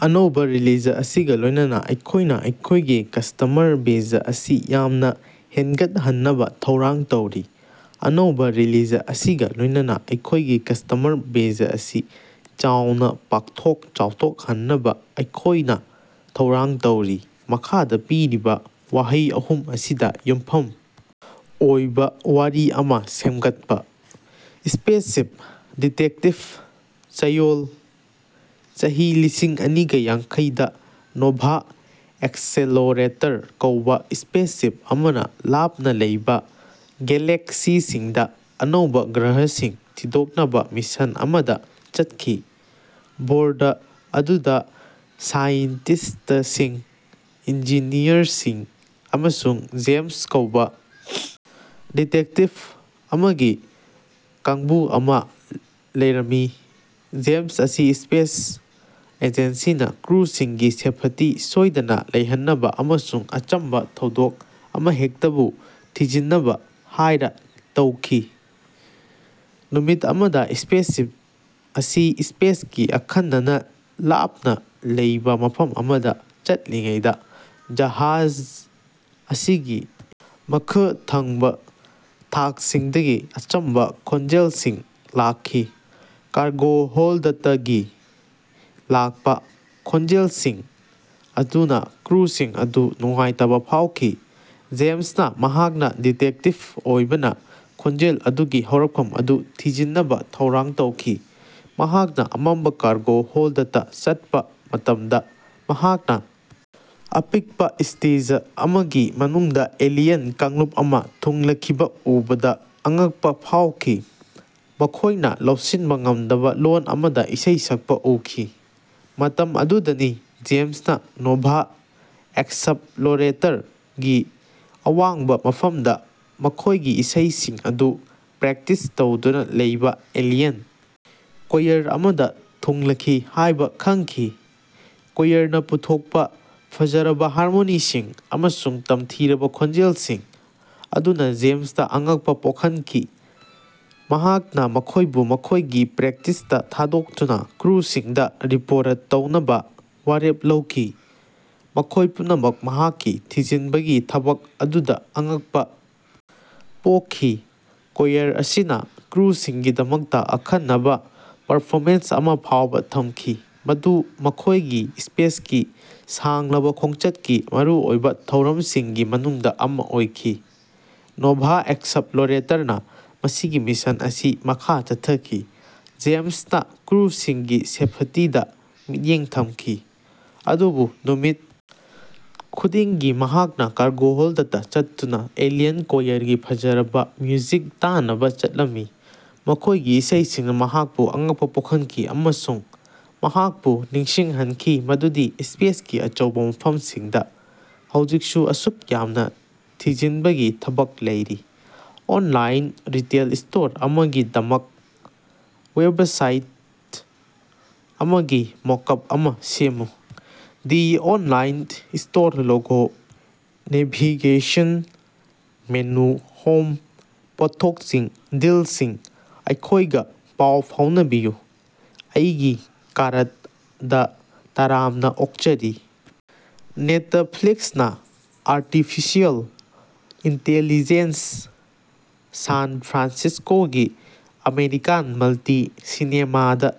ꯑꯅꯧꯕ ꯔꯤꯂꯤꯖ ꯑꯁꯤꯒ ꯂꯣꯏꯅꯅ ꯑꯩꯈꯣꯏꯅ ꯑꯩꯈꯣꯏꯒꯤ ꯀꯁꯇꯃꯔ ꯕꯦꯖ ꯑꯁꯤ ꯌꯥꯝꯅ ꯍꯦꯟꯒꯠꯍꯟꯅꯕ ꯊꯧꯔꯥꯡ ꯇꯧꯔꯤ꯫ ꯑꯅꯧꯕ ꯔꯤꯂꯤꯖ ꯑꯁꯤꯒ ꯂꯣꯏꯅꯅ ꯑꯩꯈꯣꯏꯒꯤ ꯀꯁꯇꯃꯔ ꯕꯦꯖ ꯑꯁꯤ ꯆꯥꯎꯅ ꯄꯥꯛꯊꯣꯛ ꯆꯥꯎꯊꯣꯛꯍꯟꯅꯕ ꯑꯩꯈꯣꯏꯅ ꯊꯧꯔꯥꯡ ꯇꯧꯔꯤ꯫ ꯃꯈꯥꯗ ꯄꯤꯔꯤꯕ ꯋꯥꯍꯩ ꯑꯍꯨꯝ ꯑꯁꯤꯗ ꯌꯨꯝꯐꯝ ꯑꯣꯏꯕ ꯋꯥꯔꯤ ꯑꯃ ꯁꯦꯝꯒꯠꯄ: ꯁ꯭ꯄꯦꯁꯁꯤꯞ, ꯗꯤꯇꯦꯛꯇꯤꯚ, ꯆꯌꯣꯜ꯫ ꯆꯍꯤ ꯂꯤꯁꯤꯡ ꯑꯅꯤꯒ ꯌꯥꯡꯈꯩ ꯗ ꯅꯣꯚꯥ ꯑꯦꯛꯁꯦꯂꯣꯔꯦꯇꯔ ꯀꯧꯕ ꯁ꯭ꯄꯦꯁꯁꯤꯞ ꯑꯃꯅ ꯂꯥꯞꯅ ꯂꯩꯕ ꯒꯦꯂꯦꯛꯁꯤꯁꯤꯡꯗ ꯑꯅꯧꯕ ꯒ꯭ꯔꯍꯁꯤꯡ ꯊꯤꯗꯣꯛꯅꯕ ꯃꯤꯁꯟ ꯑꯃꯗ ꯆꯠꯈꯤ꯫ ꯕꯣꯔꯗ ꯑꯗꯨꯗ ꯁꯥꯏꯟꯇꯤꯁꯇꯁꯤꯡ, ꯏꯟꯖꯤꯅꯤꯌꯔꯁꯤꯡ ꯑꯃꯁꯨꯡ ꯖꯦꯝꯁ ꯀꯧꯕ ꯗꯤꯇꯦꯛꯇꯤꯚ ꯑꯃꯒꯤ ꯀꯥꯡꯕꯨ ꯑꯃ ꯂꯩꯔꯝꯃꯤ꯫ ꯖꯦꯝꯁ ꯑꯁꯤ ꯁ꯭ꯄꯦꯁ ꯑꯦꯖꯦꯟꯁꯤꯅ ꯀ꯭ꯔꯨꯁꯤꯡꯒꯤ ꯁꯦꯐꯇꯤ ꯁꯣꯏꯗꯅ ꯂꯩꯍꯟꯅꯕ ꯑꯃꯁꯨꯡ ꯑꯆꯝꯕ ꯊꯧꯗꯣꯛ ꯑꯃꯍꯦꯛꯇꯕꯨ ꯊꯤꯖꯤꯟꯅꯕ ꯍꯥꯏꯔ ꯇꯧꯈꯤ꯫ ꯅꯨꯃꯤꯠ ꯑꯃꯗ ꯁ꯭ꯄꯦꯁꯁꯤꯞ ꯑꯁꯤ ꯁ꯭ꯄꯦꯁꯀꯤ ꯑꯈꯟꯅꯅ ꯂꯥꯞꯅ ꯂꯩꯕ ꯃꯐꯝ ꯑꯃꯗ ꯆꯠꯂꯤꯉꯩꯗ ꯖꯍꯥꯖ ꯑꯁꯤꯒꯤ ꯃꯈ ꯊꯪꯕ ꯊꯥꯛꯁꯤꯡꯗꯒꯤ ꯑꯆꯝꯕ ꯈꯣꯟꯖꯦꯜꯁꯤꯡ ꯂꯥꯛꯈꯤ꯫ ꯀꯥꯔꯒꯣ ꯍꯣꯜꯗꯇꯒꯤ ꯂꯥꯛꯄ ꯈꯣꯟꯖꯦꯜꯁꯤꯡ ꯑꯗꯨꯅ ꯀ꯭ꯔꯨꯁꯤꯡ ꯑꯗꯨ ꯅꯨꯡꯉꯥꯏꯇꯕ ꯐꯥꯎꯈꯤ꯫ ꯖꯦꯝꯁꯅ ꯃꯍꯥꯛꯅ ꯗꯤꯇꯦꯛꯇꯤꯚ ꯑꯣꯏꯕꯅ ꯈꯣꯟꯖꯦꯜ ꯑꯗꯨꯒꯤ ꯍꯧꯔꯛꯐꯝ ꯑꯗꯨ ꯊꯤꯖꯤꯟꯅꯕ ꯊꯧꯔꯥꯡ ꯇꯧꯈꯤ꯫ ꯃꯍꯥꯛꯅ ꯑꯃꯝꯕ ꯀꯥꯔꯒꯣ ꯍꯣꯜꯗꯇ ꯆꯠꯄ ꯃꯇꯝꯗ, ꯃꯍꯥꯛꯅ ꯑꯄꯤꯛꯄ ꯁ꯭ꯇꯦꯖ ꯑꯃꯒꯤ ꯃꯅꯨꯡꯗ ꯑꯦꯂꯤꯌꯟ ꯀꯥꯡꯂꯨꯞ ꯑꯃ ꯊꯨꯡꯂꯈꯤꯕ ꯎꯕꯗ ꯑꯉꯛꯄ ꯐꯥꯎꯈꯤ꯫ ꯃꯈꯣꯏꯅ ꯂꯧꯁꯤꯟꯕ ꯉꯝꯗꯕ ꯂꯣꯟ ꯑꯃꯗ ꯏꯁꯩ ꯁꯛꯄ ꯎꯈꯤ꯫ ꯃꯇꯝ ꯑꯗꯨꯗꯅꯤ ꯖꯦꯝꯁꯅ ꯅꯣꯚꯥ ꯑꯦꯛꯁꯞꯂꯣꯔꯦꯇꯔꯒꯤ ꯑꯋꯥꯡꯕ ꯃꯐꯝꯗ ꯃꯈꯣꯏꯒꯤ ꯏꯁꯩꯁꯤꯡ ꯑꯗꯨ ꯄ꯭ꯔꯦꯛꯇꯤꯁ ꯇꯧꯗꯨꯅ ꯂꯩꯕ ꯑꯦꯂꯤꯌꯟ ꯀꯣꯌꯔ ꯑꯃꯗ ꯊꯨꯡꯂꯈꯤ ꯍꯥꯏꯕ ꯈꯪꯈꯤ꯫ ꯀꯣꯌꯔꯅ ꯄꯨꯊꯣꯛꯄ ꯐꯖꯔꯕ ꯍꯥꯔꯃꯣꯅꯤꯁꯤꯡ ꯑꯃꯁꯨꯡ ꯇꯝꯊꯤꯔꯕ ꯈꯣꯟꯖꯦꯜꯁꯤꯡ ꯑꯗꯨꯅ ꯖꯦꯝꯁꯇ ꯑꯉꯛꯄ ꯄꯣꯛꯍꯟꯈꯤ꯫ ꯃꯍꯥꯛꯅ ꯃꯈꯣꯏꯕꯨ ꯃꯈꯣꯏꯒꯤ ꯄ꯭ꯔꯦꯛꯇꯤꯁꯇ ꯊꯥꯗꯣꯛꯇꯨꯅ ꯀ꯭ꯔꯨꯁꯤꯡꯗ ꯔꯤꯄꯣꯔꯠ ꯇꯧꯅꯕ ꯋꯥꯔꯦꯞ ꯂꯧꯈꯤ, ꯃꯈꯣꯏ ꯄꯨꯝꯅꯃꯛ ꯃꯍꯥꯛꯀꯤ ꯊꯤꯖꯤꯟꯕꯒꯤ ꯊꯕꯛ ꯑꯗꯨꯗ ꯑꯉꯛꯄ ꯄꯣꯛꯈꯤ꯫ ꯀꯣꯌꯔ ꯑꯁꯤꯅ ꯀ꯭ꯔꯨꯁꯤꯡꯒꯤꯗꯃꯛꯇ ꯑꯈꯟꯅꯕ ꯄꯔꯐꯣꯃꯦꯟꯁ ꯑꯃ ꯐꯥꯎꯕ ꯊꯝꯈꯤ, ꯃꯗꯨ ꯃꯈꯣꯏꯒꯤ ꯁ꯭ꯄꯦꯁꯀꯤ ꯁꯥꯡꯂꯕ ꯈꯣꯡꯆꯠꯀꯤ ꯃꯔꯨꯑꯣꯏꯕ ꯊꯧꯔꯝꯁꯤꯡꯒꯤ ꯃꯅꯨꯡꯗ ꯑꯃ ꯑꯣꯏꯈꯤ꯫ ꯅꯣꯚꯥ ꯑꯦꯛꯁꯞꯂꯣꯔꯦꯇꯔꯅ ꯃꯁꯤꯒꯤ ꯃꯤꯁꯟ ꯑꯁꯤ ꯃꯈꯥ ꯆꯠꯊꯈꯤ, ꯖꯦꯝꯁꯅ ꯀ꯭ꯔꯨꯁꯤꯡꯒꯤ ꯁꯦꯐꯇꯤꯗ ꯃꯤꯠꯌꯦꯡ ꯊꯝꯈꯤ꯫ ꯑꯗꯨꯕꯨ ꯅꯨꯃꯤꯠ ꯈꯨꯗꯤꯡꯒꯤ ꯃꯍꯥꯛꯅ ꯀꯥꯔꯒꯣ ꯍꯣꯜꯗꯇ ꯆꯠꯇꯨꯅ ꯑꯦꯂꯤꯌꯟ ꯀꯣꯌꯔꯒꯤ ꯐꯖꯔꯕ ꯃ꯭ꯌꯨꯖꯤꯛ ꯇꯥꯅꯕ ꯆꯠꯂꯝꯃꯤ꯫ ꯃꯈꯣꯏꯒꯤ ꯏꯁꯩꯁꯤꯡꯅ ꯃꯍꯥꯛꯄꯨ ꯑꯉꯛꯄ ꯄꯣꯛꯍꯟꯈꯤ ꯑꯃꯁꯨꯡ ꯃꯍꯥꯛꯄꯨ ꯅꯤꯡꯁꯤꯡꯍꯟꯈꯤ ꯃꯗꯨꯗꯤ ꯁ꯭ꯄꯦꯁꯀꯤ ꯑꯆꯧꯕ ꯃꯐꯝꯁꯤꯡꯗ ꯍꯧꯖꯤꯛꯁꯨ ꯑꯁꯨꯛ ꯌꯥꯝꯅ ꯊꯤꯖꯤꯟꯕꯒꯤ ꯊꯕꯛ ꯂꯩꯔꯤ꯫ ꯑꯣꯟꯂꯥꯏꯟ ꯔꯤꯇꯦꯜ ꯁ꯭ꯇꯣꯔ ꯑꯃꯒꯤꯗꯃꯛ ꯋꯦꯕꯁꯥꯏꯠ ꯑꯃꯒꯤ ꯃꯣꯀꯞ ꯑꯃ ꯁꯦꯝꯃꯨ꯫ The online store logo navigation menu home ꯄꯣꯠꯊꯣꯛꯁꯤꯡ ꯗꯤꯜꯁꯤꯡ ꯑꯩꯈꯣꯏꯒ ꯄꯥꯎ ꯐꯥꯎꯅꯕꯤꯌꯨ ꯑꯩꯒꯤ ꯀꯥꯔꯠ ꯗ ꯇꯔꯥꯝꯅ ꯑꯣꯛꯆꯔꯤ! ꯅꯦꯇꯐ꯭ꯂꯤꯛꯁꯅ ꯑꯥꯔꯇꯤꯐꯤꯁ꯭ꯌꯜ ꯏꯟꯇꯦꯂꯤꯖꯦꯟꯁ ꯁꯥꯟ ꯐ꯭ꯔꯥꯟꯁꯤꯁ꯭ꯀꯣꯒꯤ ꯑꯃꯦꯔꯤꯀꯥꯟ ꯃꯜꯇꯤ- ꯁꯤꯅꯦꯃꯥ ꯗ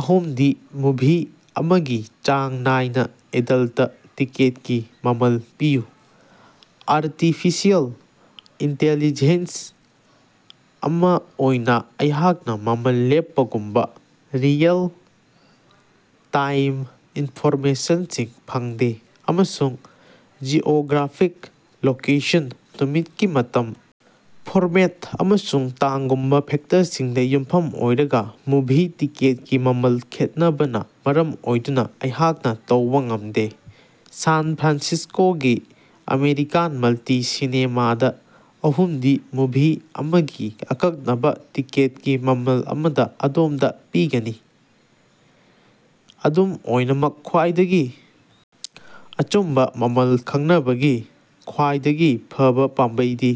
ꯑꯍꯨꯝꯗꯤ ꯃꯨꯚꯤ ꯑꯃꯒꯤ ꯆꯥꯡ ꯅꯥꯏꯅ ꯑꯦꯗꯜꯇ ꯇꯤꯀꯦꯠꯀꯤ ꯃꯃꯜ ꯄꯤꯌꯨ꯫ ꯑꯥꯔꯇꯤꯐꯤꯁ꯭ꯌꯜ ꯏꯟꯇꯦꯂꯤꯖꯦꯟꯁ ꯑꯃ ꯑꯣꯏꯅ ꯑꯩꯍꯥꯛꯅ ꯃꯃꯜ ꯂꯦꯞꯄꯒꯨꯝꯕ ꯔꯤꯑꯦꯜ-ꯇꯥꯏꯝ ꯏꯟꯐꯣꯔꯃꯦꯁꯟꯁꯤꯡ ꯐꯪꯗꯦ ꯑꯃꯁꯨꯡ ꯖꯤꯑꯣꯒ꯭ꯔꯥꯐꯤꯛ ꯂꯣꯀꯦꯁꯟ, ꯅꯨꯃꯤꯠꯀꯤ ꯃꯇꯝ, ꯐꯣꯔꯃꯦꯠ, ꯑꯃꯁꯨꯡ ꯇꯥꯡꯒꯨꯝꯕ ꯐꯦꯛꯇꯔꯁꯤꯡꯗ ꯌꯨꯝꯐꯝ ꯑꯣꯏꯔꯒ ꯃꯨꯚꯤ ꯇꯤꯀꯦꯠꯀꯤ ꯃꯃꯜ ꯈꯦꯠꯅꯕꯅ ꯃꯔꯝ ꯑꯣꯏꯗꯨꯅ ꯑꯩꯍꯥꯛꯅ ꯇꯧꯕ ꯉꯝꯗꯦ꯫ ꯁꯥꯟ ꯐ꯭ꯔꯥꯟꯁꯤꯁ꯭ꯀꯣꯒꯤ ꯑꯃꯦꯔꯤꯀꯥꯟ ꯃꯜꯇꯤ- ꯁꯤꯅꯦꯃꯥ ꯗ ꯑꯍꯨꯝꯗꯤ ꯃꯨꯚꯤ ꯑꯃꯒꯤ ꯑꯀꯛꯅꯕ ꯇꯤꯀꯦꯠꯀꯤ ꯃꯃꯜ ꯑꯃ ꯑꯗꯣꯝꯗ ꯄꯤꯒꯅꯤ꯫ ꯑꯗꯨꯝ ꯑꯣꯏꯅꯃꯛ ꯈ꯭ꯋꯥꯏꯗꯒꯤ ꯑꯆꯨꯝꯕ ꯃꯃꯜ ꯈꯪꯅꯕꯒꯤ ꯈ꯭ꯋꯥꯏꯗꯒꯤ ꯐꯕ ꯄꯥꯝꯕꯩꯗꯤ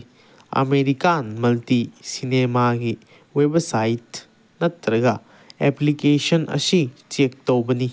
ꯑꯃꯦꯔꯤꯀꯥꯟ ꯃꯜꯇꯤ- ꯁꯤꯅꯦꯃꯥꯒꯤ ꯋꯦꯕꯁꯥꯏꯠ ꯅꯠꯇ꯭ꯔꯒ ꯑꯦꯄ꯭ꯂꯤꯀꯦꯁꯟ ꯑꯁꯤ ꯆꯦꯛ ꯇꯧꯕꯅꯤ꯫